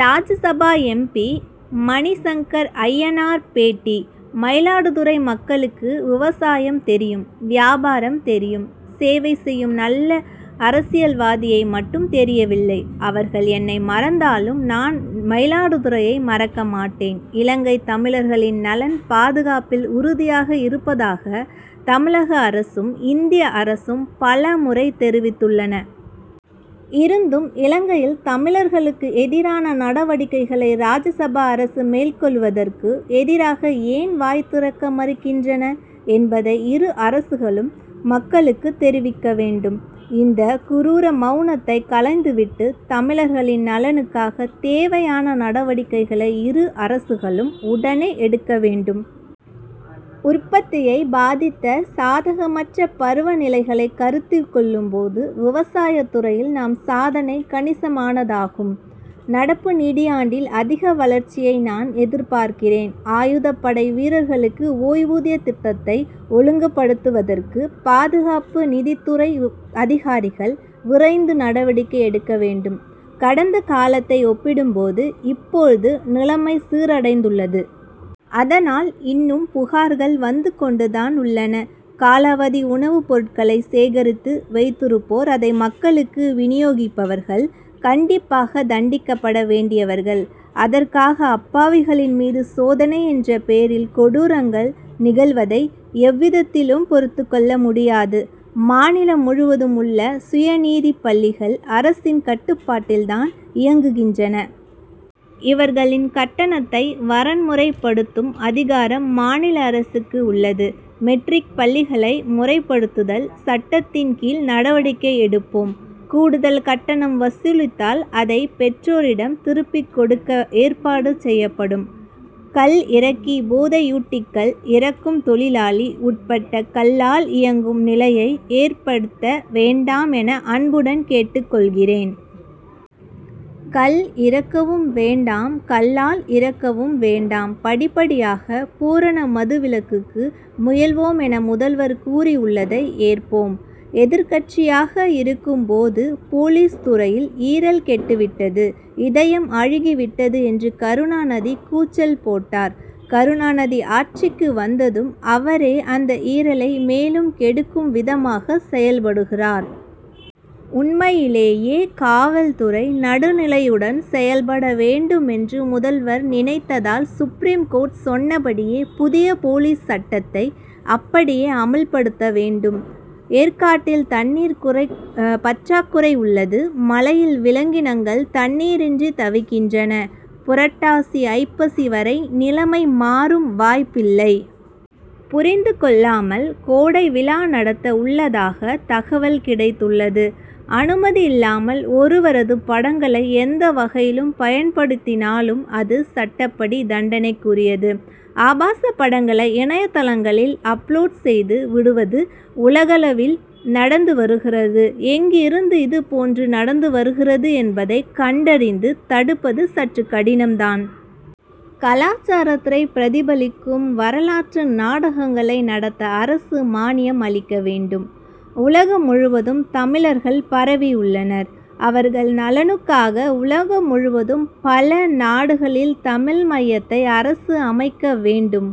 ராஜ்ய Sabha M. P. Mani Shankar Aiyar பேட்டி மயிலாடுதுறை மக்களுக்கு விவசாயம் தெரியும் வியாபாரம் தெரியும். சேவை செய்யும் நல்ல அரசியல்வாதியை மட்டும் தெரியவில்லை. அவர்கள் என்னை மறந்தாலும் நான் மயிலாடுதுறையை மறக்க மாட்டேன். இலங்கைத் தமிழர்களின் நலன் காப்பதில் உறுதியாக இருப்பதாக தமிழக அரசும் இந்திய அரசும் பல முறை தெரிவித்துள்ளன. இருந்தும் இலங்கையில் தமிழர்களுக்கு எதிரான நடவடிக்கைகளை ராஜபக்ஷே அரசு மேற்கொள்வதற்கு எதிராக ஏன் வாய் திறக்க மறுக்கின்றன என்பதை இரு அரசுகளும் மக்களுக்கு தெரிவிக்க வேண்டும். இந்த குரூர மவுனத்தை களைந்துவிட்டு தமிழர்களின் நலன் காக்க தேவையான நடவடிக்கைகளை இரு அரசுகளும் உடனே எடுக்க வேண்டும். உற்பத்தியை பாதித்த சாதகமற்ற பருவ நிலைகளை கருத்தில் கொள்ளும் போது விவசாயத் துறையில் நம் சாதனை கணிசமானதாகும். நடப்பு நிதியாண்டில் அதிக வளர்ச்சியை நான் எதிர்பார்க்கிறேன். ஆயுதப்படை வீரர்களுக்கு ஓய்வூதிய திட்டத்தை ஒழுங்குப்படுத்துவதற்கு பாதுகாப்பு நிதித்துறை அதிகாரிகள் விரைந்து நடவடிக்கை எடுக்க வேண்டும். கடந்த காலத்தை ஒப்பிடும் போது இப்போது நிலைமை சீரடைந்துள்ளது. ஆனால் இன்னும் புகார்கள் வந்து கொண்டுதான் உள்ளன. காலாவதி உணவுப் பொருளை சேகரித்து வைத்திருப்போர் அதை மக்களுக்கு வினியோகிப்பவர்கள் கண்டிப்பாக தண்டிக்கப்பட வேண்டியவர்கள். அதற்காக அப்பாவிகளின் மீது சோதனை என்ற பெயரில் கொடுங்கரங்கள் நீள்வதை எவ்விதத்திலும் பொறுத்துக் கொள்ள முடியாது. மாநிலம் முழுவதும் உள்ள சுயநிதிப் பள்ளிகள் அரசின் கட்டுப்பாட்டில் தான் இயங்குகின்றன. இவர்களின் கட்டணத்தை வரன்முறைப்படுத்தும் அதிகாரம் மாநில அரசிற்கு உள்ளது. மெட்ரிக் பள்ளிகளை முறைப்படுத்துதல் சட்டத்தின் கீழ் நடவடிக்கை எடுப்போம். கூடுதல் கட்டணம் வசூலித்தால் அதைப் பெற்றோரிடம் திருப்பிக் கொடுக்க ஏற்பாடு செய்யப்படும். கள் இறக்கி போதையூட்டி கள் இறக்கும் தொழிலாளி உட்பட கள்ளால் இயங்கும் நிலையை ஏற்படுத்த வேண்டாம் என அன்புடன் கேட்டுக் கொள்கிறேன். கள் இறக்கவும் வேண்டாம் கள்ளால் இறக்கவும் வேண்டாம். படிப்படியாக பூரண மதுவிலக்கிற்கு முயல்வோம் என முதல்வர் கூறியுள்ளதை ஏற்போம். எதிர்க்கட்சியாக இருக்கும் போது போலீஸ் துறையின் ஈரல் கெட்டுவிட்டது இதயம் அழுகிவிட்டது என்று கருணாநிதி கூச்சல் போட்டார். கருணாநிதி ஆட்சிக்கு வந்ததும் அவரே அந்த ஈரலை மேலும் கெடுக்கும் விதமாக செயல்படுகிறார். உண்மையிலேயே காவல் துறை நடுநிலையுடன் செயல்பட வேண்டும் என்று முதல்வர் நினைத்தால் சுப்ரீம் கோர்ட் சொன்னபடி புதிய போலீஸ் சட்டத்தை அப்படியே அமல்படுத்த வேண்டும். ஏற்காட்டில் தண்ணீர் பற்றாக்குறை உள்ளது. மலையில் விலங்கினங்கள் தண்ணீர் இன்றி தவிக்கின்றன. புரட்டாசி ஐப்பசி வரை நிலைமை மாறும் வாய்ப்பில்லை. புரிந்து கொள்ளாமல் கோடை விழா நடத்த உள்ளதாக தகவல் கிடைத்துள்ளது. அனுமதியில்லாமல் ஒருவரது படங்களை எந்த வகையில் பயன்படுத்தினாலும் அது சட்டப்படி தண்டனைக்குரியது. ஆபாசப் படங்களை இணைய தளங்களில் அப்லோட் செய்து விடுவது உலகளவில் நடந்து வருகிறது. எங்கிருந்து இதுபோன்று நடக்கிறது என்பதை கண்டறிந்து தடுப்பது சற்று கடினம் தான். கலாசாரத்தை பிரதிபலிக்கும் வரலாற்று நாடகங்களை நடத்த அரசு மானியம் அளிக்க வேண்டும். உலகம் முழுவதும் தமிழர்கள் பரவியுள்ளனர். அவர்கள் நலனுக்காக உலகம் முழுவதும் பல நாடுகளில் தமிழ் மையத்தை அரசு அமைக்க வேண்டும்.